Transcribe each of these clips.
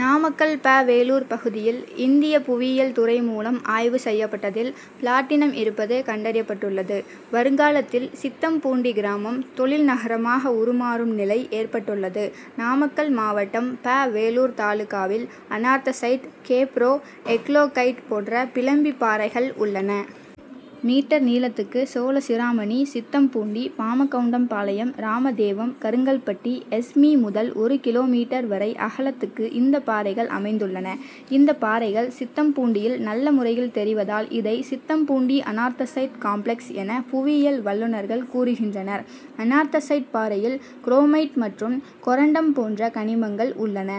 நாமக்கல் ப. வேலூர் பகுதியில், இந்திய புவியியல் துறை மூலம் ஆய்வு செய்யப்பட்டதில், பிளாட்டினம் இருப்பது கண்டறியப்பட்டுள்ளது. வருங்காலத்தில் சித்தம்பூண்டி கிராமம் தொழில் நகரமாக உருமாறும் நிலை ஏற்பட்டுள்ளது. நாமக்கல் மாவட்டம் ப. வேலூர் தாலுகாவில் அனார்த்தசைட் கேப்ரோ, எக்லோகைட் போன்ற பிளம்பி பாறைகள் உள்ளன. மீ., நீளத்துக்கு, சோழசிராமணி, சித்தம்பூண்டி, பாமகவுண்டம்பாளையம், ராமதேவம், கருங்கல்பட்டி, எஸ். மீ., முதல் ஒரு கி. மீ., வரை அகலத்துக்கு இந்த பாறைகள் அமைந்துள்ளன. இந்த பாறைகள் சித்தம்பூண்டியில் நல்லமுறையில் தெரிவதால், இதை சித்தம்பூண்டி அனார்த்தசைட் காம்ளெக்ஸ் என புவியியல் வல்லுனர்கள் கூறுகின்றனர். அனார்த்தசைட் பாறையில் குரோமைட் மற்றும் கொரண்டம் போன்ற கனிமங்கள் உள்ளன.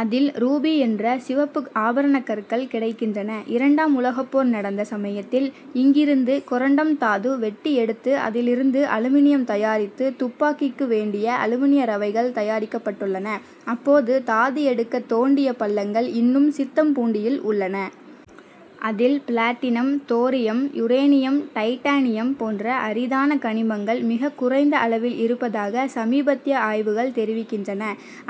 அதில், ரூபி என்ற சிவப்பு ஆபரண கற்கள் கிடைக்கின்றன. இரண்டாம் உலகப்போர் நடத்த சமயத்தில் இங்கிருந்து கொரண்டம் தாது வெட்டி எடுத்து, அதில் இருந்து அலுமினியம் தயாரித்து, துப்பாக்கிக்கு வேண்டிய அலுமினிய ரவைகள் தயாரிக்கப்பட்டுள்ளன. அப்போது தாது எடுக்க தோண்டிய பள்ளங்கள் இன்னும் சித்தம்பூண்டியில் உள்ளன. அதில், பிளாட்டினம் தோரியம், யுரேனியம், டைட்டானியம் போன்ற அரிதான கனிமங்கள் மிகக்குறைந்த அளவில் இருப்பதாக சமீபத்திய ஆய்வுகள் தெரிவிக்கின்றன.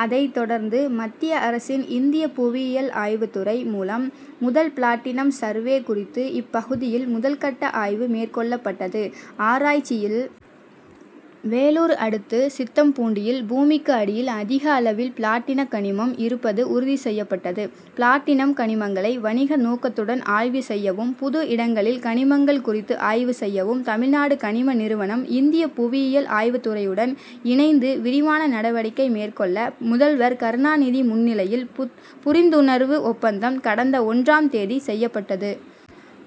அதை தொடர்ந்து மத்திய அரசின் இந்திய புவியியல் ஆய்வு துறை மூலம், முதல், பிளாட்டினம் சர்வே குறித்து இப்பகுதியில் முதல்கட்ட ஆய்வு மேற்கொள்ளப்பட்டது. ஆராய்ச்சியில், வேலூர் அடுத்த சித்தம்பூண்டியில் பூமிக்கு அடியில் அதிக அளவில் பிளாட்டினம் கனிமம் இருப்பது உறுதி செய்யப்பட்டது. பிளாட்டினம் கனிமங்களை வணிக நோக்குடன் ஆய்வு செய்யவும், புது இடங்களில் கனிமங்கள் குறித்து ஆய்வு செய்யவும் தமிழ்நாடு கனிம நிறுவனம், இந்திய புவியியல் ஆய்வுத்துறையுடன் இணைந்து விரிவான நடவடிக்கை மேற்கொள்ள முதல்வர் கருணாநிதி முன்னிலையில் புரிந்துணர்வு ஒப்பந்தம் கடந்த ஒன்றாம் தேதி செய்யப்பட்டது.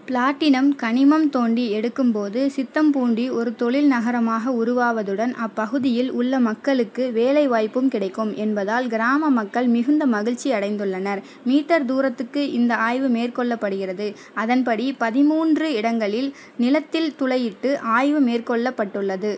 பிளாட்டினம் கனிமம் தோண்டி எடுக்கும் போது சித்தம்பூண்டி ஒரு தொழில் நகரமாக உருவாவதுடன், அப்பகுதியில் உள்ள மக்களுக்கு வேலைவாய்ப்பும் கிடைக்கும் என்பதால், கிராம மக்கள் மிகுந்த மகிழ்ச்சி அடைந்துள்ளனர். மீ., தூரத்துக்கு இந்த ஆய்வு மேற்கொள்ளப்படுகிறது. அதன்படி, பதின்மூன்று இடங்களில் நிலத்தில் துளையிட்டு ஆய்வு மேற்கொள்ளப்பட்டுள்ளது.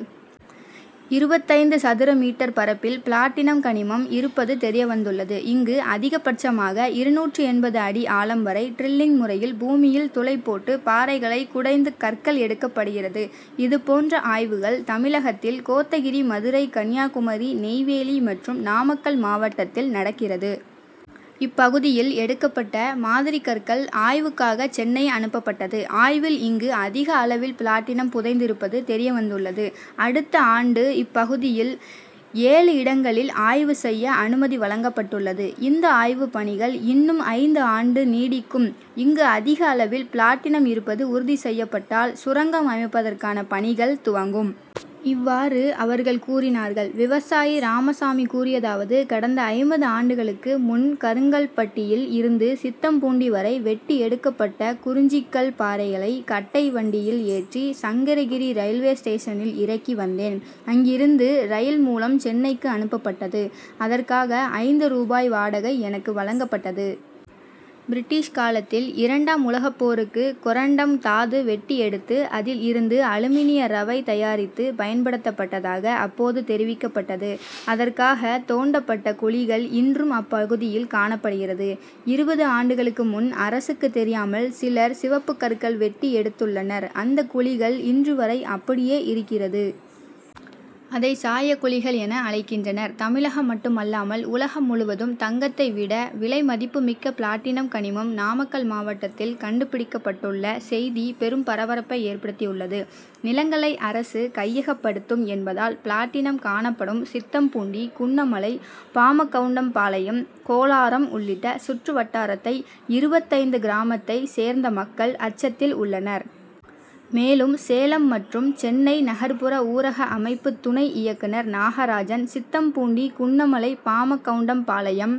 இருபத்தைந்து சதுர மீட்டர் பரப்பில் பிளாட்டினம் கனிமம் இருப்பது தெரியவந்துள்ளது. இங்கு அதிகபட்சமாக இருநூற்று எண்பது அடி ஆழம் வரை டிரில்லிங் முறையில் பூமியில் துளை போட்டு பாறைகளை குடைந்து கற்கள் எடுக்கப்படுகிறது. இது போன்ற ஆய்வுகள் தமிழகத்தில் கோத்தகிரி, மதுரை, கன்னியாகுமரி, நெய்வேலி மற்றும் நாமக்கல் மாவட்டத்தில் நடக்கிறது. இப்பகுதியில் எடுக்கப்பட்ட மாதிரி கற்கள் ஆய்வுக்காக சென்னை அனுப்பப்பட்டது. ஆய்வில் இங்கு அதிக அளவில் பிளாட்டினம் புதைந்திருப்பது தெரியவந்துள்ளது. அடுத்த ஆண்டு இப்பகுதியில் ஏழு இடங்களில் ஆய்வு செய்ய அனுமதி வழங்கப்பட்டுள்ளது. இந்த ஆய்வு பணிகள் இன்னும் ஐந்து ஆண்டு நீடிக்கும். இங்கு அதிக அளவில் பிளாட்டினம் இருப்பது உறுதி செய்யப்பட்டால், சுரங்கம் அமைப்பதற்கான பணிகள் துவங்கும். இவ்வாறு அவர்கள் கூறினார். விவசாயி ராமசாமி கூறியதாவது கடந்த ஐம்பது ஆண்டுகளுக்கு முன் கருங்கல்பட்டியில் இருந்து சித்தம்பூண்டி வரை வெட்டி எடுக்கப்பட்ட குறிஞ்சிக்கல் பாறைகளை கட்டை வண்டியில் ஏற்றி, சங்ககிரி ரயில்வே ஸ்டேஷனில் இறக்கி வந்தேன். அங்கிருந்து ரயில் மூலம் சென்னைக்கு அனுப்பப்பட்டது. அதற்காக ஐந்து ரூபாய் வாடகை எனக்கு வழங்கப்பட்டது. பிரிட்டீஷ் காலத்தில் இரண்டாம் உலகப்போருக்கு கொரண்டம் தாது வெட்டி எடுத்து, அதில் இருந்து அலுமினிய ரவை தயாரித்து, பயன்படுத்தப்பட்டதாக அப்போது தெரிவிக்கப்பட்டது. அதற்காக தோண்டப்பட்ட குழிகள் இன்றும் அப்பகுதியில் காணப்படுகிறது. இருபது ஆண்டுகளுக்கு முன் அரசுக்கு தெரியாமல் சிலர் சிவப்பு கற்கள் வெட்டி எடுத்துள்ளனர். அந்த குழிகள் இன்றுவரை அப்படியே இருக்கிறது. அதை சாயக்குழிகள் என அழைக்கின்றனர். தமிழகம் மட்டும் அல்லாமல் உலகம் முழுவதும் தங்கத்தை விட விலை மதிப்பு மிக்க பிளாட்டினம் கனிமம் நாமக்கல் மாவட்டத்தில் கண்டுபிடிக்கப்பட்டுள்ள செய்தி பெரும் பரபரப்பை ஏற்படுத்தி உள்ளது. நிலங்களை அரசு கையகப்படுத்தும் என்பதால், பிளாட்டினம் காணப்படும் சித்தம்பூண்டி, குன்னமலை, பாமகவுண்டம்பாளையம், கோலாரம் உள்ளிட்ட சுற்று வட்டாரத்தை இருபத்தைந்து கிராமத்தை சேர்ந்த மக்கள் அச்சத்தில் உள்ளனர். மேலும், சேலம் மற்றும் சென்னை நகர்புற ஊரக அமைப்பு துணை இயக்குனர் நாகராஜன், சித்தம்பூண்டி, குன்னமலை, பாமா கவுண்டம்பாளையம்,